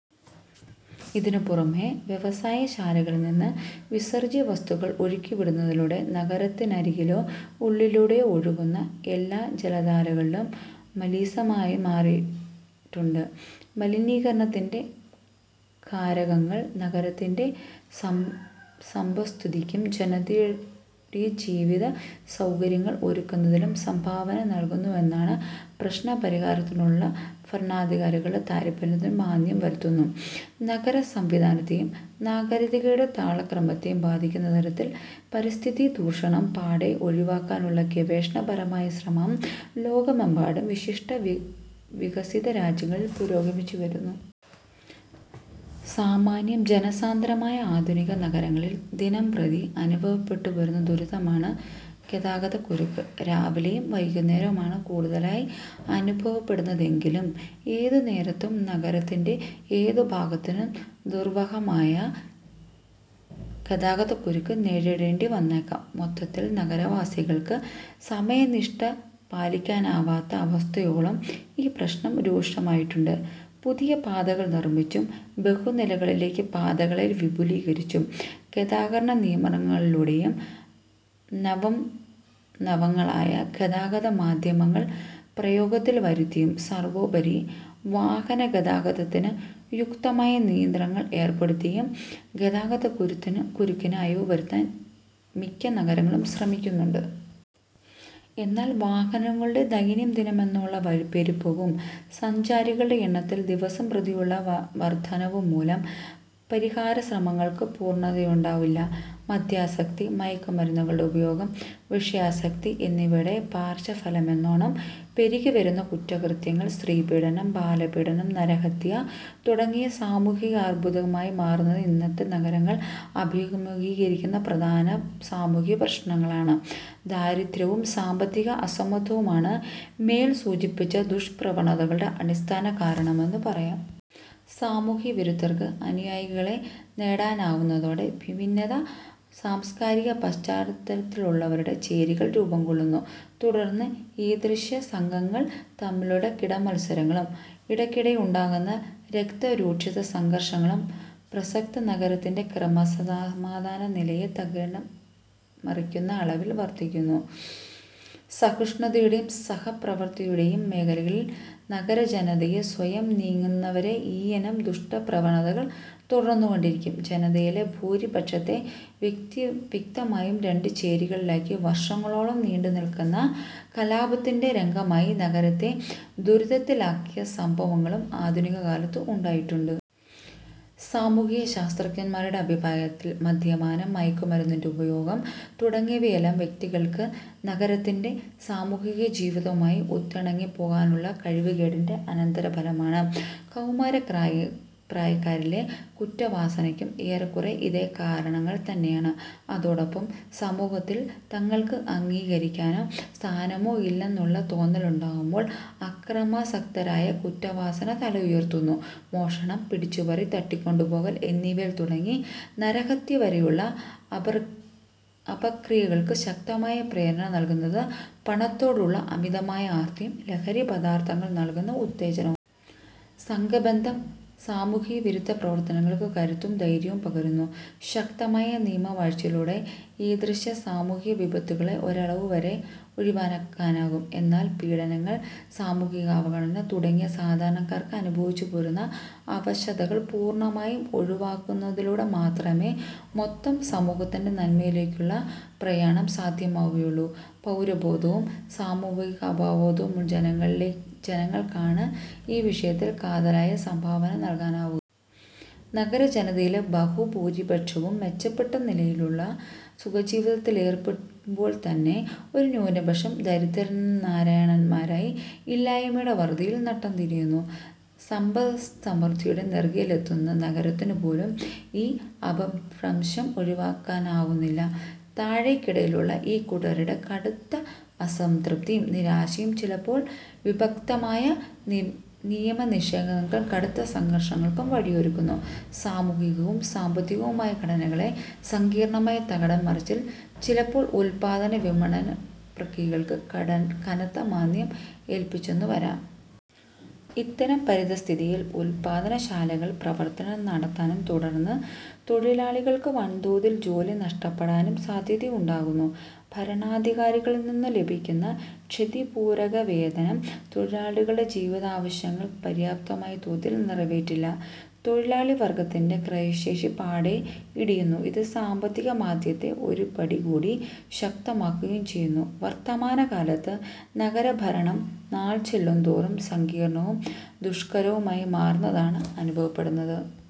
ഇതിനുപുറമേ വ്യവസായശാലകളിൽനിന്ന് വിസർജ്യവസ്തുക്കൾ ഒഴുക്കിവിടുന്നതിലൂടെ നഗരത്തിനരികിലോ ഉള്ളിലൂടെയോ ഒഴുകുന്ന എല്ലാ ജലധാരകളും മലീമസങ്ങളായി മാറിയിട്ടുണ്ട്. മലിനീകരണത്തിന്റെ കാരകങ്ങൾ നഗരത്തിന്റെ സമ്പദ്വൃദ്ധിക്കും ജനതയുടെ ജീവിത സൗകര്യങ്ങൾ ഒരുക്കുന്നതിലും സംഭാവന നല്കുന്നുവെന്നത് പ്രശ്നപരിഹാരത്തിനുള്ള ഭരണാധികാരികളുടെ താത്പര്യത്തിന് മാന്ദ്യം വരുത്തുന്നു. നഗരസംവിധാനത്തെയും നാഗരിതകയുടെ താളക്രമത്തെയും ബാധിക്കാത്ത തരത്തിൽ പരിസ്ഥിതിദൂഷണം പാടേ ഒഴിവാക്കാനുള്ള ഗവേഷണപരമായ ശ്രമം ലോകമെമ്പാടും, വിശിഷ്യാ വികസിതരാജ്യങ്ങളിൽ പുരോഗമിച്ചുവരുന്നു. സാമാന്യം ജനസാന്ദ്രമായ ആധുനിക നഗരങ്ങളിൽ ദിനംപ്രതി അനുഭവപ്പെട്ടുപോരുന്ന ദുരിതമാണ് ഗതാഗതക്കുരുക്ക്. രാവിലെയും വൈകുന്നേരവുമാണ് കൂടുതലായി അനുഭവപ്പെടുന്നതെങ്കിലും ഏതു സമയത്തും നഗരത്തിന്റെ ഏതുഭാഗത്തിനും ദുർവഹമായ ഗതാഗതക്കുരുക്ക് നേരിടേണ്ടിവന്നേക്കാം. മൊത്തത്തിൽ നഗരവാസികൾക്ക് സമയനിഷ്ഠ പാലിക്കാനാവാത്ത അവസ്ഥയോളം ഈ പ്രശ്നം രൂക്ഷമായിട്ടുണ്ട്. പുതിയ പാതകൾ നിർമിച്ചും ബഹുനിലകളിലേക്ക് പാതകളെ വിപുലീകരിച്ചും ഗതാഗതക്രമീകരണങ്ങളിലൂടെയും നവംനവങ്ങളായ ഗതാഗതമാധ്യമങ്ങൾ പ്രയോഗത്തിൽ വരുത്തിയും സർവോപരി വാഹനഗതാഗതത്തിന് യുക്തമായ നിയന്ത്രണങ്ങൾ ഏർപ്പെടുത്തിയും ഗതാഗതക്കുരുക്കിന് അയവുവരുത്തുവാൻ മിക്ക നഗരങ്ങളും ശ്രമിക്കുന്നുണ്ട്. എന്നാൽ വാഹനങ്ങളുടെ ദൈനംദിനമെന്നോണമുള്ള പെരുപ്പവും സഞ്ചരിക്കുന്നവരുടെ എണ്ണത്തിൽ ദിനംപ്രതിയുള്ള വർധനവുംമൂലം പരിഹാരശ്രമങ്ങൾക്ക് പൂർണതയുണ്ടാവുന്നില്ല. മദ്യാസക്തി, മയക്കുമരുന്നുകളുടെ ഉപഭോഗം, വിഷയാസക്തി എന്നിവയുടെ പാർശ്വഫലമെന്നോണം പെരുകിവരുന്ന കുറ്റകൃത്യങ്ങൾ, സ്ത്രീപീഡനം, ബാലപീഡനം, നരഹത്യ തുടങ്ങിയവ സാമൂഹികാർബുദമായി മാറിയിട്ടുള്ളത് ഇന്നത്തെ നഗരങ്ങൾ അഭിമുഖീകരിക്കുന്ന പ്രധാന സാമൂഹിക പ്രശ്നമാണ്. ദാരിദ്ര്യവും സാമ്പത്തിക അസമത്വവുമാണ് മേൽസൂചിപ്പിച്ച ദുഷ്പ്രവണതകളുടെ അടിസ്ഥാനകാരണമെന്നു പറയാം. സാമൂഹികവിരുദ്ധർക്ക് അനുയായികളെ നേടാനാവുന്നതോടെ വിഭിന്ന സാംസ്കാരിക പശ്ചാത്തലത്തിലുള്ളവരുടെ ചേരികൾ രൂപംകൊള്ളുന്നു. തുടർന്ന് ഈദൃശ സംഘങ്ങൾ തമ്മിലുള്ള കിടമത്സരങ്ങളും ഇടയ്ക്കിടെയുണ്ടാകാവുന്ന രക്തരൂക്ഷിത സംഘർഷങ്ങളും പ്രസക്ത നഗരത്തിന്റെ ക്രമസമാധാനനിലയെ തകിടം മറിക്കുന്ന അളവിൽ വർധിക്കുന്നു. സഹിഷ്ണുതയുടെയും സഹവർത്തിത്വത്തിന്റെയും മേഖലകളിലേക്ക് നഗരജനത സ്വയം നീങ്ങുന്നതുവരെ ഈയിനം ദുഷ്പ്രവണതകൾ തുടർന്നുകൊണ്ടിരിക്കും. ജനതയിലെ ഭൂരിപക്ഷത്തെ വ്യക്തമായും രണ്ട് ചേരികളിലാക്കി വർഷങ്ങളോളം നീണ്ടുനില്ക്കുന്ന കലാപത്തിന്റെ രംഗമാക്കി നഗരത്തെ ദുരിതത്തിലാഴ്ത്തിയ സംഭവങ്ങളും ആധുനികകാലത്ത് ഉണ്ടായിട്ടുണ്ട്. സാമൂഹികശാസ്ത്രജ്ഞന്മാരുടെ അഭിപ്രായത്തിൽ മദ്യപാനം, മയക്കുമരുന്നിന്റെ ഉപയോഗം തുടങ്ങിയവയെല്ലാം വ്യക്തികൾക്ക് നഗരത്തിലെ സമൂഹജീവിതവുമായി ഒത്തിണങ്ങിപ്പോകുവാനുള്ള കഴിവുകേടിന്റെ അനന്തരഫലമാണ്. കൗമാരപ്രായക്കാരിലെ കുറ്റവാസനയ്ക്കും ഏറെക്കുറെ ഇതേ കാരണം തന്നെയാണ്; അതോടൊപ്പം സമൂഹത്തിൽ തങ്ങൾക്ക് അംഗീകാരമോ സ്ഥാനമോ ഇല്ലെന്ന തോന്നലുണ്ടാവുമ്പോൾ അക്രമാസക്തമായ കുറ്റവാസന തലയുയർത്തുന്നു. മോഷണം, പിടിച്ചുപറി, തട്ടിക്കൊണ്ടുപോകൽ എന്നിവയിൽ തുടങ്ങി നരഹത്യവരെയുള്ള അപക്രിയകൾക്ക് ശക്തമായ പ്രേരണ നല്കുന്നത് പണത്തോടുള്ള അമിതമായ ആർത്തിയും ലഹരിപദാർഥങ്ങൾ നല്കുന്ന ഉത്തേജനവുമാണ്. സംഘബന്ധം സാമൂഹികവിരുദ്ധപ്രവർത്തനങ്ങൾക്ക് കരുത്തും ധൈര്യവും പകരുന്നു. ശക്തമായ നിയമവാഴ്ചയിലൂടെ ഈദൃശ സാമൂഹിക വിപത്തുകളെ ഒരളവുവരെ ഒഴിവാക്കാനാകും. എന്നാൽ പീഡനങ്ങൾ, സാമൂഹികാവഗണന തുടങ്ങി സാധാരണക്കാരന് അനുഭവപ്പെട്ടു പോരുന്ന അവശതകൾ പൂർണമായും ഒഴിവാക്കുന്നതിലൂടെമാത്രമേ മൊത്തം സമൂഹത്തിന്റെ നന്മയിലേക്കുള്ള പ്രയാണം സാധ്യമാവുകയുള്ളൂ. പൗരബോധവും സാമൂഹികാവബോധവുമുള്ള ജനങ്ങൾക്കാണ് ഈ വിഷയത്തിൽ കാതലായ സംഭാവന നല്കാനാവുക. നഗരജനതയിലെ ബഹുഭൂരിപക്ഷവും മെച്ചപ്പെട്ട നിലവാരത്തിലുള്ള സുഖജീവിതത്തിലേർപ്പെടുമ്പോൾത്തന്നെ ഒരു ന്യൂനപക്ഷം ദരിദ്രനാരായണന്മാരായി, ഇല്ലായ്മയുടെ വറുതിയിൽ നട്ടംതിരിയുന്നു. സമ്പദ്വൃദ്ധിയുടെ നെറുകയിലെത്തുന്ന നഗരത്തിനുപോലും ഈ അപഭ്രംശം ഒഴിവാക്കാനാവുന്നില്ല. താഴേക്കിടയിലുള്ള ഇക്കൂട്ടരുടെ കടുത്ത അസംതൃപ്തിയും നിരാശയും ചിലപ്പോൾ വിപത്കരമായ നിയമനിഷേധങ്ങൾക്കും കടുത്ത സംഘർഷങ്ങൾക്കും വഴിയൊരുക്കുന്നു. സാമൂഹികവും സാമ്പത്തികവുമായ ഘടകങ്ങളുടെ സങ്കീർണമായ തകിടം മറിച്ചിൽ, ചിലപ്പോൾ ഉത്പാദന വിപണന പ്രക്രിയകൾക്ക് കനത്ത മാന്ദ്യം ഏല്പിച്ചെന്നുവരാം. ഇത്തരം പരിതഃസ്ഥിതിയിൽ ഉത്പാദനശാലകൾ പ്രവർത്തനം നിർത്താനും തുടർന്ന്, തൊഴിലാളികൾക്ക് വൻതോതിൽ ജോലി നഷ്ടപ്പെടാനും സാധ്യതയുണ്ടാകുന്നു. ഭരണാധികാരികളിൽനിന്നു ലഭിക്കുന്ന 'ക്ഷതിപൂരക' വേതനം തൊഴിലാളികളുടെ ജീവിതാവശ്യങ്ങൾ പര്യാപ്തമായ തോതിൽ നിറവേറ്റില്ല. തൊഴിലാളിവർഗത്തിന്റെ ക്രയശേഷി പാടേ ഇടിയുന്നു. ഇത് സാമ്പത്തികമാന്ദ്യത്തെ ഒരുപടികൂടി ശക്തമാക്കുകയും ചെയ്യുന്നു. വർത്തമാനകാലത്ത്, നഗരഭരണം നാൾചെല്ലുന്തോറും സങ്കീർണവും ദുഷ്കരവുമായി മാറുന്നതായാണ് അനുഭവപ്പെടുന്നത്.